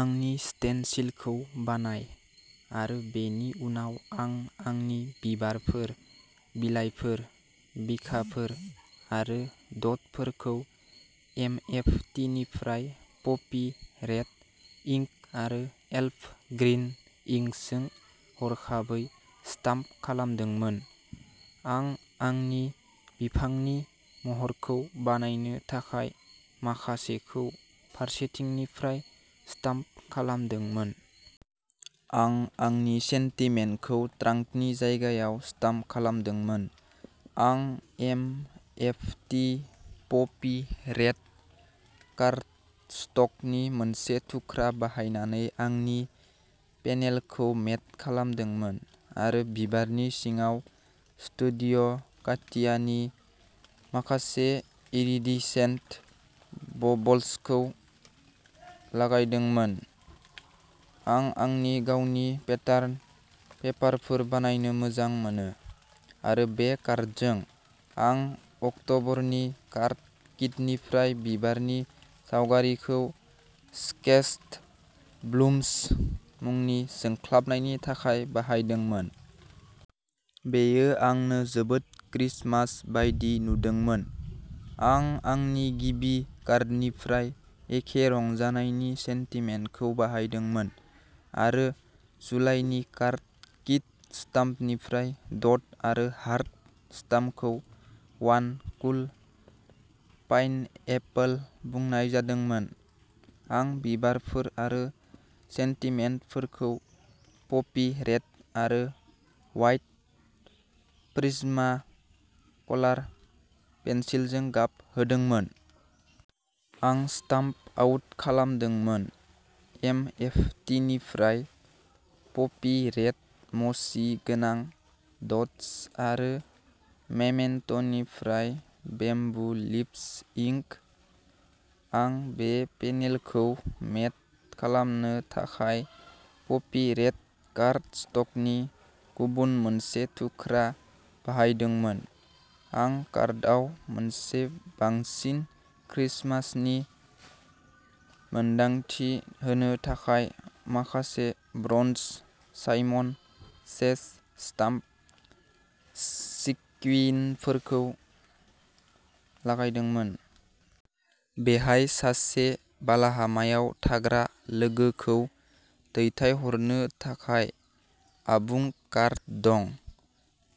आंनि स्टेनसिलखौ बानाय, आरो बेनि उनाव आं आंनि बिबारफोर, बिलाइफोर, बिखाफोर आरो द'टफोरखौ एमएफटिनिफ्राय पपि रेड इंक आरो एल्फ ग्रीन इंकजों हरखाबै स्टाम्प खालामदोंमोन। आं आंनि बिफांनि महरखौ बानायनो थाखाय माखासेखौ फारसेथिंनिफ्राय स्टाम्प खालामदोंमोन। आं आंनि सेन्टिमेन्टखौ ट्रांकनि जायगायाव स्टाम्प खालामदोंमोन। आं एमएफटि पपि रेड कार्डस्टकनि मोनसे थुख्रा बाहायनानै आंनि पेनेलखौ मेट खालामदोंमोन आरो बिबारनि सिङाव स्टुडिय'काटियानि माखासे इरिडिसेन्ट बबल्सखौ लागायदोंमोन। आं आंनि गावनि पेटार्न पेपारफोर बानायनो मोजां मोनो, आरो बे कार्डजों, आं अक्ट'बरनि कार्ड किटनिफ्राय बिबारनि सावगारिखौ स्केच्ड ब्लुमस मुंनि जोंख्लाबनायनि थाखाय बाहायदोंमोन। बेयो आंनो जोबोद क्रिसमास बायदि नुदोंमोन। आं आंनि गिबि कार्डनिफ्राय एखे रंजानायनि सेन्टिमेन्टखौ बाहायदोंमोन, आरो जुलाइनि कार्ड किट स्टाम्पनिफ्राय डट आरो हार्ट स्टाम्पखौ वान कुल पाइनएपल बुंनाय जादोंमोन। आं बिबारफोर आरो सेन्टिमेन्टफोरखौ पपि रेड आरो व्हाइट प्रिज्माकलार पेन्सिलजों गाब होदोंमोन। आं स्टाम्प आउट खालामदोंमोन। एमएफटिनिफ्राय पपि रेड मसी गोनां द'ट्स आरो मेमेन्ट'निफ्राय बेम्बु लिभ्स इंक। आं बे पेनेलखौ मेट खालामनो थाखाय पपि रेड कार्डस्टकनि गुबुन मोनसे थुख्रा बाहायदोंमोन। आं कार्डआव मोनसे बांसिन क्रिसमासनि मोनदांथि होनो थाखाय माखासे ब्रन्ज साइमन सेस स्टाम्प सिक्विनफोरखौ लागायदोंमोन। बेहाय सासे बालाहामायाव थाग्रा लोगोखौ दैथायहरनो थाखाय आबुं कार्ड दं।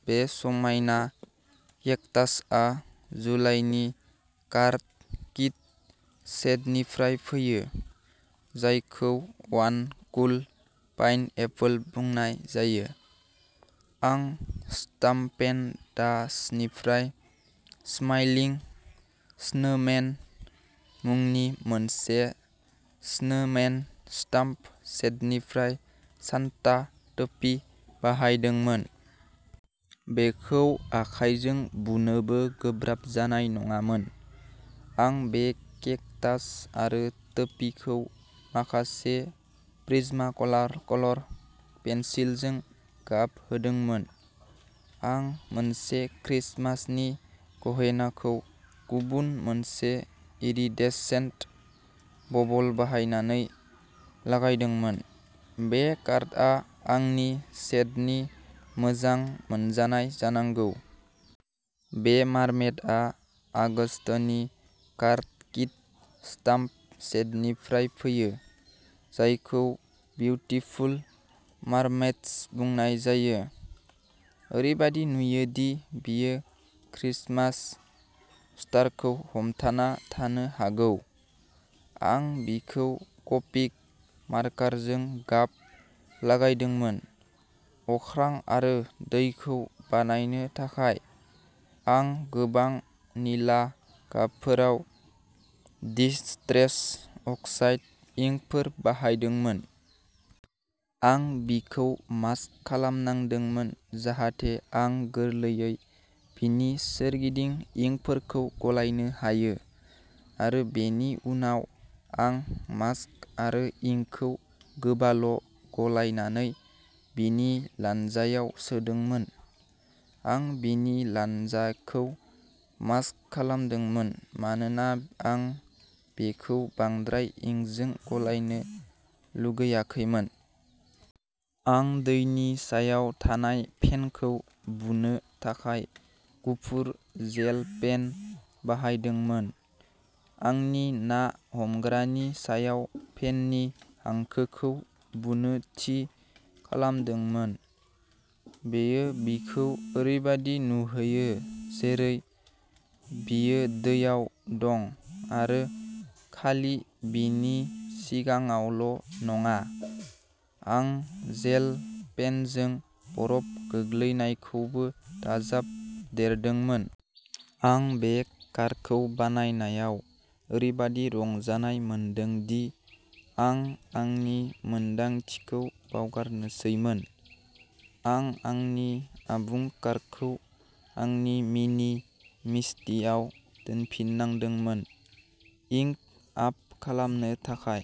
बे समायना केक्टासआ जुलाइनि कार्ड किट सेटनिफ्राय फैयो, जायखौ वान कुल पाइनएपल बुंनाय जायो। आं स्टाम्पेनडासनिफ्राय स्माइलिं स्नोमेन मुंनि मोनसे स्नोमेन स्टाम्प सेटनिफ्राय सान्ता टोपी बाहायदोंमोन। बेखौ आखायजों बुनोबो गोब्राब जानाय नङामोन। आं बे केक्टास आरो टोपीखौ माखासे प्रिज्माकलर पेन्सिलजों गाब होदोंमोन। आं मोनसे क्रिसमासनि गहेनाखौ गुबुन मोनसे इरिडेसेन्ट बबल बाहायनानै लागायदोंमोन। बे कार्डआ आंनि सेटनि मोजां मोनजानाय जानांगौ। बे मार्मेडआ आगस्तनि कार्ड किट स्टाम्प सेटनिफ्राय फैयो, जायखौ ब्यूटीफुल मार्मेइड्स बुंनाय जायो। ओरैबादि नुयोदि बियो क्रिसमास स्टारखौ हमथाना थानो हागौ। आं बिखौ क'पिक मार्कारजों गाब लागायदोंमोन। अख्रां आरो दैखौ बानायनो थाखाय, आं गोबां निला गाबफोराव डिस्ट्रेस अक्साइड इंकफोर बाहायदोंमोन। आं बिखौ मास्क खालामनांदोंमोन जाहाथे आं गोरलैयै बिनि सोरगिदिं इंकफोरखौ गलायनो हायो, आरो बेनि उनाव आं मास्क आरो इंकखौ गोबाल'गलायनानै बिनि लानजायाव सोदोंमोन। आं बिनि लानजाखौ मास्क खालामदोंमोन मानोना आं बेखौ बांद्राय इंकजों गलायनो लुगैाखैमोन। आं दैनि सायाव थानाय फेनखौ बुनो थाखाय गुफुर जेल पेन बाहायदोंमोन, आंनि ना हमग्रानि सायाव फेननि हांखोखौ बुनो थि खालामदोंमोन। बेयो बिखौ ओरैबादि नुहोयो जेरै बियो दैयाव दं आरो खालि बिनि सिगाङावल'नङा। आं जेल पेनजों बरफ गोग्लैनायखौबो दाजाबदेरदोंमोन। आं बे कार्डखौ बानायनायाव ओरैबादि रंजानाय मोनदों दि आं आंनि मोनदांथिखौ बावगारनोसैमोन। आं आंनि आबुं कार्डखौ आंनि मिनि मिस्टिआव दोनफिननांदोंमोन इंक आप खालामनो थाखाय।